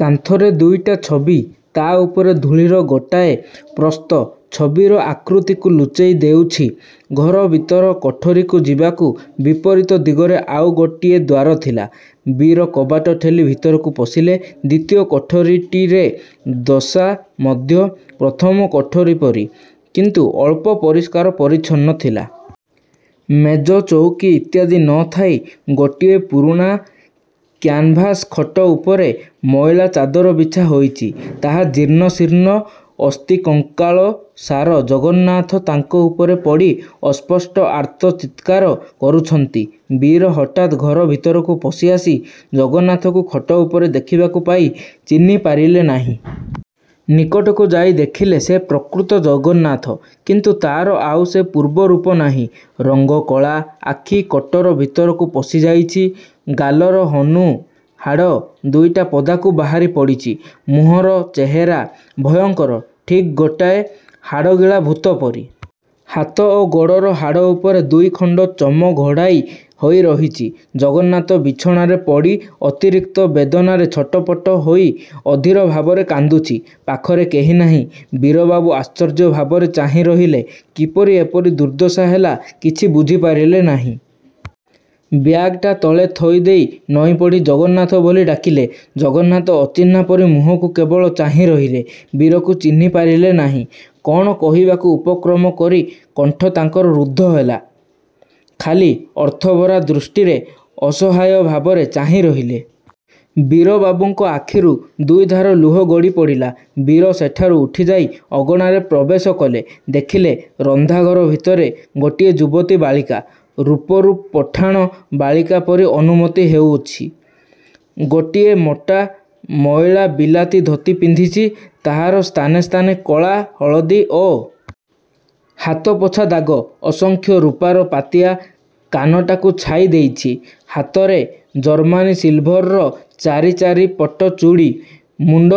କାନ୍ଥରେ ଦୁଇଟା ଛବି। ତା ଉପରେ ଧୂଳିର ଗୋଟାଏ ପ୍ରସ୍ତ ଛବିର ଆକୃତିକୁ ଲୁଚେଇ ଦେଉଛି। ଘର ଭିତର କୋଠରୀକୁ ଯିବାକୁ ବିପରୀତ ଦିଗରେ ଆଉ ଗୋଟିଏ ଦ୍ୱାର ଥିଲା। ବୀର କବାଟ ଠେଲି ଭିତରକୁ ପଶିଲେ। ଦ୍ୱିତୀୟ କୋଠରୀଟିରେ ଦଶା ମଧ୍ୟ ପ୍ରଥମ କୋଠରୀ ପରି; କିନ୍ତୁ ଅଳ୍ପ ପରିସ୍କାର ପରିଚ୍ଛନ୍ନ ଥିଲା। ମେଜ ଚୌକୀ ଇତ୍ୟାଦି ନ ଥାଇ ଗୋଟିଏ ପୁରୁଣା କ୍ୟାନଭାସ୍ ଖଟ ଉପରେ ମଇଳା ଚାଦର ବିଛା ହୋଇଛି। ତାହା ଜୀର୍ଣ୍ଣ ଶୀର୍ଣ୍ଣ, ଅସ୍ଥିକଙ୍କାଳସାର ଜଗନ୍ନାଥ ତାଙ୍କ ଉପରେ ପଡ଼ି ଅସ୍ପଷ୍ଟ ଆର୍ତ୍ତ ଚିତ୍କାର କରୁଛନ୍ତି। ବୀର ହଠାତ୍ ଘର ଭିତରକୁ ପଶି ଆସି ଜଗନ୍ନାଥକୁ ଖଟ ଉପରେ ଦେଖିବାକୁ ପାଇ ଚିହ୍ନି ପାରିଲେନାହିଁ। ନିକଟକୁ ଯାଇ ଦେଖିଲେ, ସେ ପ୍ରକୃତ ଜଗନ୍ନାଥ। କିନ୍ତୁ ତା'ର ଆଉ ସେ ପୂର୍ବ ରୂପ ନାହିଁ। ରଙ୍ଗ କଳା। ଆଖି କୋଟର ଭିତରକୁ ପଶିଯାଇଛି। ଗାଲର ହନୁ ହାଡ଼ ଦୁଇଟା ପଦାକୁ ବାହାରି ପଡ଼ିଛି। ମୁହଁର ଚେହେରା ଭୟଙ୍କର। ଠିକ୍ ଗୋଟାଏ ହାଡ଼ଗିଳା ଭୂତ ପରି। ହାତ ଓ ଗୋଡ଼ର ହାଡ଼ ଉପରେ ଦୁଇଖଣ୍ଡ ଚମ ଘୋଡ଼ାଇ ହୋଇ ରହିଛି। ଜଗନ୍ନାଥ ବିଛଣାରେ ପଡ଼ି ଅତିରିକ୍ତ ବେଦନାରେ ଛଟପଟ ହୋଇ ଅଧୀର ଭାବରେ କାନ୍ଦୁଛି। ପାଖରେ କେହି ନାହିଁ। ବୀରବାବୁ ଆଶ୍ଚର୍ଯ୍ୟ ଭାବରେ ଚାହିଁ ରହିଲେ। କିପରି ଏପରି ଦୁର୍ଦ୍ଦଶା ହେଲା କିଛି ବୁଝି ପାରିଲେ ନାହିଁ। ବ୍ୟାଗ୍ ଟା ତଳେ ଥୋଇ ଦେଇ ନଇଁପଡ଼ି "ଜଗନ୍ନାଥ" ବୋଲି ଡାକିଲେ। ଜଗନ୍ନାଥ ଅଚିହ୍ନା ପରି ମୁହଁକୁ କେବଳ ଚାହିଁ ରହିଲେ। ବୀରକୁ ଚିହ୍ନି ପାରିଲେ ନାହିଁ। କ'ଣ କହିବାକୁ ଉପକ୍ରମ କରି କଣ୍ଠ ତାଙ୍କର ରୁଦ୍ଧ ହେଲା। ଖାଲି ଅର୍ଥଭରା ଦୃଷ୍ଟିରେ ଅସହାୟ ଭାବରେ ଚାହିଁ ରହିଲେ। ବୀରବାବୁଙ୍କ ଆଖିରୁ ଦୁଇଧାର ଲୁହ ଗଡ଼ି ପଡ଼ିଲା। ବୀର ସେଠାରୁ ଉଠିଯାଇ ଅଗଣାରେ ପ୍ରବେଶ କଲେ। ଦେଖିଲେ ରନ୍ଧାଘର ଭିତରେ ଗୋଟିଏ ଯୁବତୀ ବାଳିକା। ରୁପରୁ ପଠାଣ ବାଳିକା ପରି ଅନୁମତି ହେଉଛି। ଗୋଟିଏ ମୋଟା ମଇଳା ବିଲାତି ଧୋତି ପିନ୍ଧିଛି। ତାହାର ସ୍ଥାନେ ସ୍ଥାନେ କଳା, ହଳଦୀ ଓ। ହାତପୋଛା ଦାଗ। ଅସଂଖ୍ୟ ରୂପାର ପାତିଆ− କାନଟାକୁ ଛାଇ ଦେଇଛି। ହାତରେ ଜର୍ମାନୀ ସିଲ୍ଭରର ଚାରି ଚାରି ପଟ ଚୁଡ଼ି। ମୁଣ୍ଡ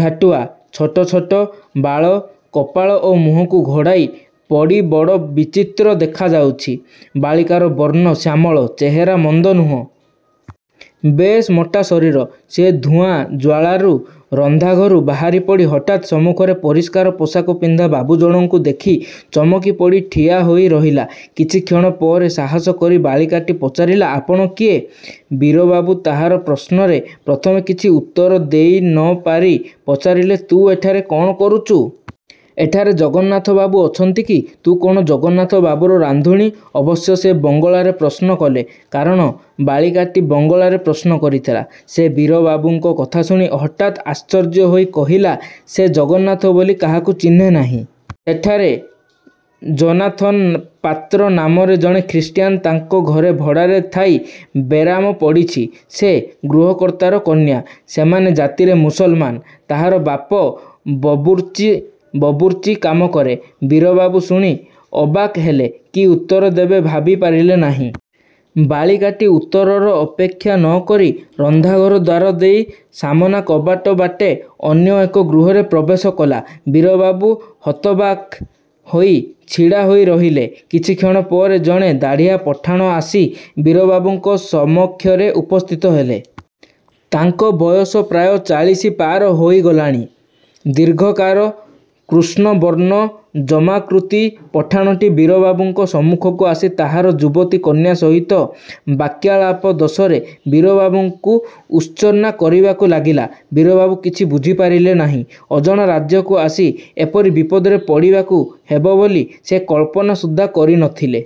ଝାଟୁଆ। ଛୋଟ ଛୋଟ ବାଳ କପାଳ ଓ ମୁହଁକୁ ଘୋଡ଼ାଇ ପଡ଼ି ବଡ଼ ବିଚିତ୍ର ଦେଖାଯାଉଛି। ବାଳିକାର ବର୍ଣ୍ଣ ଶ୍ୟାମଳ। ଚେହେରା ମନ୍ଦ ନୁହେଁ। ବେଶ୍ ମୋଟା ଶରୀର। ସେ ଧୂଆଁ ଜ୍ୱାଳାରୁ ରନ୍ଧାଘରୁ ବାହାରି ପଡ଼ି ହଠାତ୍ ସମ୍ମୁଖରେ ପରିଷ୍କାର ପୋଷାକ ପିନ୍ଧା ବାବୁଜଣଙ୍କୁ ଦେଖି ଚମକି ପଡ଼ି ଠିଆ ହୋଇ ରହିଲା। କିଛିକ୍ଷଣ ପରେ ସାହାସ କରି ବାଳିକଟି ପଚାରିଲା "ଆପଣ କିଏ? " ବୀରବାବୁ ତାହାର ପ୍ରଶ୍ନରେ ପ୍ରଥମେ କିଛି ଉତ୍ତର ଦେଇ ନ ପାରି ପଚାରିଲେ "ତୁ ଏଠାରେ କ'ଣ କରୁଚୁ? ଏଠାରେ ଜଗନ୍ନାଥ ବାବୁ ଅଛନ୍ତି କି? ତୁ କଣ ଜଗନ୍ନାଥ ବାବୁର ରାନ୍ଧୁଣୀ? " ଅବଶ୍ୟ ସେ ବଙ୍ଗଳାରେ ପ୍ରଶ୍ନ କଲେ। କାରଣ ବାଳିକାଟି ବଙ୍ଗଳାରେ ପ୍ରଶ୍ନ କରିଥିଲା। ସେ ବୀରବୀବୁଙ୍କ କଥା ଶୁଣି ହଠାତ୍ ଆଶ୍ଚର୍ଯ୍ୟ ହୋଇ କହିଲା ସେ ଜଗନ୍ନାଥ ବୋଲି କାହାକୁ ଚିହ୍ନେନାହିଁ। ସେଠାରେ ଯୋନାଥନ୍ ପାତ୍ର ନାମରେ ଜଣେ ଖ୍ରୀଷ୍ଟିୟାନ୍, ତାଙ୍କ ଘରେ ଭଡ଼ାରେ ଥାଇ ବେରାମ ପଡ଼ିଛି। ସେ ଗୃହକର୍ତ୍ତାର କନ୍ୟା। ସେମାନେ ଜାତିରେ ମୁସଲମାନ୍। ତାହାର ବାପ ବବୁର୍ଚ୍ଚି ବବୁର୍ଚ୍ଚି କାମ କରେ। ବୀରବାବୁ ଶୁଣି ଅବାକ୍ ହେଲେ। କି ଉତ୍ତର ଦେବେ ଭାବି ପାରିଲେ ନାହିଁ। ବାଳିକାଟି ଉତ୍ତରର ଅପେକ୍ଷା ନ କରି ରନ୍ଧା ଘର ଦ୍ୱାର ଦେଇ ସାମନା କବାଟ ବାଟେ ଅନ୍ୟ ଏକ ଗୃହରେ ପ୍ରବେଶ କଲା। ବୀର ବାବୁ ହତବାକ୍ ହୋଇ ଛିଡ଼ା ହୋଇ ରହିଲେ। କିଛିକ୍ଷଣ ପରେ ଜଣେ ଦାଢ଼ିଆ ପଠାଣ ଆସି ବୀରବୀବୁଙ୍କ ସମକ୍ଷରେ ଉପସ୍ଥିତ ହେଲେ। ତାଙ୍କ ବୟସ ପ୍ରାୟ ଚାଳିଶି ପାର ହୋଇଗଲାଣି। ଦୀର୍ଘକାର, କୃଷ୍ଣ ବର୍ଣ୍ଣ ଯମାକୃତି ପଠାଣଟି ବୀରବାବୁଙ୍କ ସମ୍ମୁଖକୁ ଆସି ତାହାର ଯୁବତୀ କନ୍ୟା ସହିତ ବାକ୍ୟାଳାପ ଦୋଷରେ ବୀରବାବୁଙ୍କୁ ଉର୍ତ୍ସନା କରିବାକୁ ଲାଗିଲା। ବୀରବାବୁ କିଛି ବୁଝିପାରିଲେ ନାହିଁ। ଅଜଣା ରାଜ୍ୟକୁ ଆସି ଏପରି ବିପଦରେ ପଡ଼ିବାକୁ ହେବ ବୋଲି ସେ କଳ୍ପନା ସୁଦ୍ଧା କରି ନ ଥିଲେ।